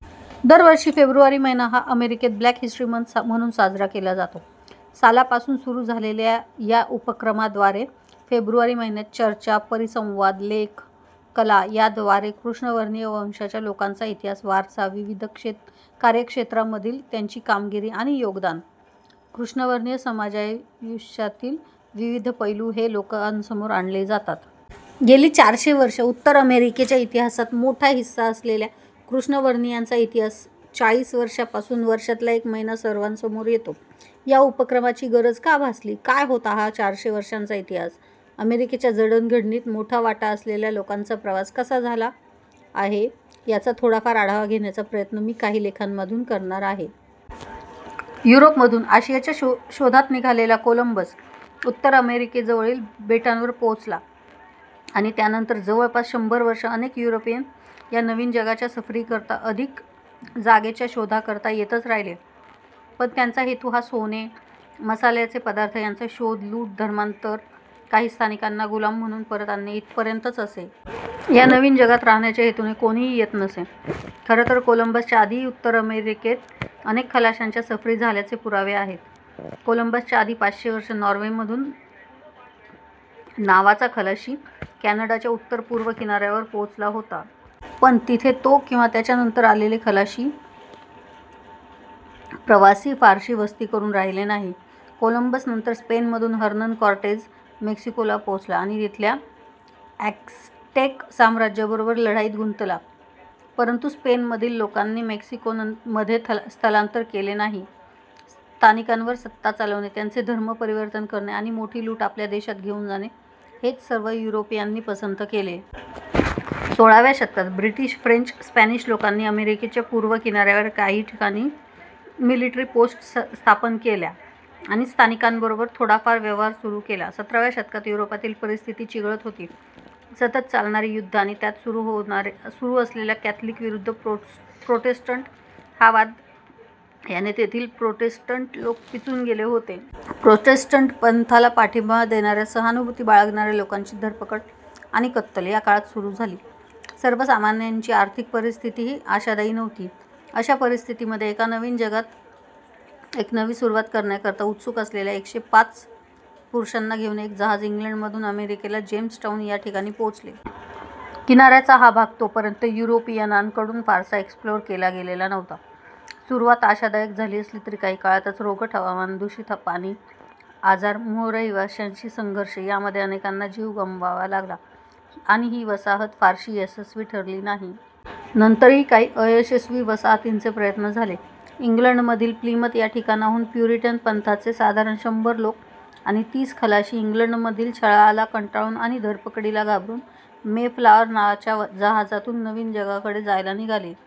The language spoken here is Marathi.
दर वर्षी फेब्रुवारी महिना हा अमेरिकेत 'ब्लॅक हिस्टरी मंथ' म्हणून साजरा केला जातो. सालापासून सुरु झालेल्या या उपक्रमाद्वारे फेब्रुवारी महिन्यात चर्चा, परिसंवाद, लेख, कला याद्वारे कृष्णवर्णीय वंशाच्या लोकांचा इतिहास, वारसा, विविध कार्यक्षेत्रामधील त्यांची कामगिरी आणि योगदान, कृष्णवर्णीय समाजायुष्यातील विविध पैलू हे लोकांसमोर आणले जातात. गेली चारशे वर्षं उत्तर अमेरिकेच्या इतिहासाचा मोठा हिस्सा असलेल्या कृष्णवर्णीयांचा इतिहास चाळीस वर्षांपासून वर्षातला एक महिना सर्वांसमोर येतो. या उपक्रमाची गरज का भासली, काय होता हा चारसे वर्षांचा इतिहास, अमेरिकेच्या जडणघडणीत मोठा वाटा असलेल्या लोकांचा प्रवास कसा झाला आहे याचा थोडाफार आढावा घेण्याचा प्रयत्न मी काही लेखांमधून करणार आहे. युरोपमधून अशियाच्या शोधात निघालेला कोलंबस उत्तर अमेरिकेजवळील बेटांवर पोहोचला, आणि त्यानंतर जवळपास शंभर वर्षं अनेक युरोपियन या नवीन जगाच्या सफरीकरता, अधिक जागेच्या शोधाकरता येतच राहिले. पण त्यांचा हेतू हा सोने, मसाल्याचे पदार्थ यांचा शोध, लूट, धर्मांतर, काही स्थानिकांना गुलाम म्हणून परत आणणे इथपर्यंतच असे. या नवीन जगात राहण्याच्या हेतूने कोणीही येत नसे. खरं तर कोलंबसच्या आधीही उत्तर अमेरिकेत अनेक खलाशांच्या सफरी झाल्याचे पुरावे आहेत. कोलंबसच्या आधी पाचशे वर्ष नॉर्वेमधून नावाचा खलाशी कॅनडाच्या उत्तर पूर्व किनार्यावर पोहोचला होता. पण तिथे तो किंवा त्याच्यानंतर आलेले खलाशी रवासी फारशी वस्ती करुन राहिले नाही. कोलंबसनंतर स्पेनमधून हर्नन कॉर्टेझ मेक्सिकोला पोहोचला, आणि तिथल्या ॲझ्टेक झ्टेक साम्राज्याबरोबर लढाईत गुंतला. परंतू स्पेनमधील लोकांनी मेक्सिकोमध्ये स्थलांतर केले नाही. स्थानिकांवर सत्ता चालवणे, त्यांचे धर्मपरिवर्तन करणे आणि मोठी लूट आपल्या देशात घेऊन जाणे हेच सर्व युरोपियनांनी पसंत केले. सोळाव्या शतकात ब्रिटिश, फ्रेंच, स्पॅनिश लोकांनी अमेरिकेच्या पूर्व किनार्यावरील काही ठिकाणी मिलिटरी पोस्ट्स स्थापन केल्या आणि स्थानिकांबरोबर थोडाफार व्यवहार सुरु केला. सतराव्या शतकात युरोपातली परिस्थिती चिघळत होती. सतत चालणारी युद्धं आणि त्यात सुरु असलेला कॅथलिक विरुद्ध प्रोटेस्टंट हा वाद याने तेथील प्रोटेस्टंट लोक पिचून गेले होते. प्रोटेस्टंट पंथाला पाठींबा देणार्या, सहानुभूती बाळगणार्या लोकांची धरपकड आणि कत्तल या काळात सुरु झाली. सर्वसामान्यांची आर्थिक स्थितीही आशादायी नव्हती. अशा परिस्थितीमध्ये एका नवीन जगात एक नवी सुरुवात करण्याकरता उत्सुक असलेल्या एकसे पाच पुरुषांना घेउन एक जहाज इंग्लंडमधून अमेरिकेला जेम्सटाउन या ठिकाणी पोहोचले. किनार्याचा हा भाग तोपर्यंत युरोपियनांकडून फारसा 'एक्स्प्लोअर' केला गेलेला नव्हता. सुरुवात आशादायक झाली असली तरी काही काळातच रोगट हवामान, दुषित पाणी, आजार, मूळ रहिवाश्यांशी संघर्ष यामध्ये अनेकांना जीव गमवावा लागला आणि ही वसाहत फारशी यशस्वी ठरली नाही. नंतरही काही अयशस्वी वसाहतींचे प्रयत्न झाले. इंग्लंडमधील प्लिमथ या ठिकाणाहून प्युरिटन पंथाचे साधारण शंभर लोक आणि तीस खलाशी इंग्लंडमधील छळाला कंटाळून आणि धरपकडीला घाबरुन मेफ्लावर नावाच्या जहाजातून नवीन जगाकडे जायला निघाले.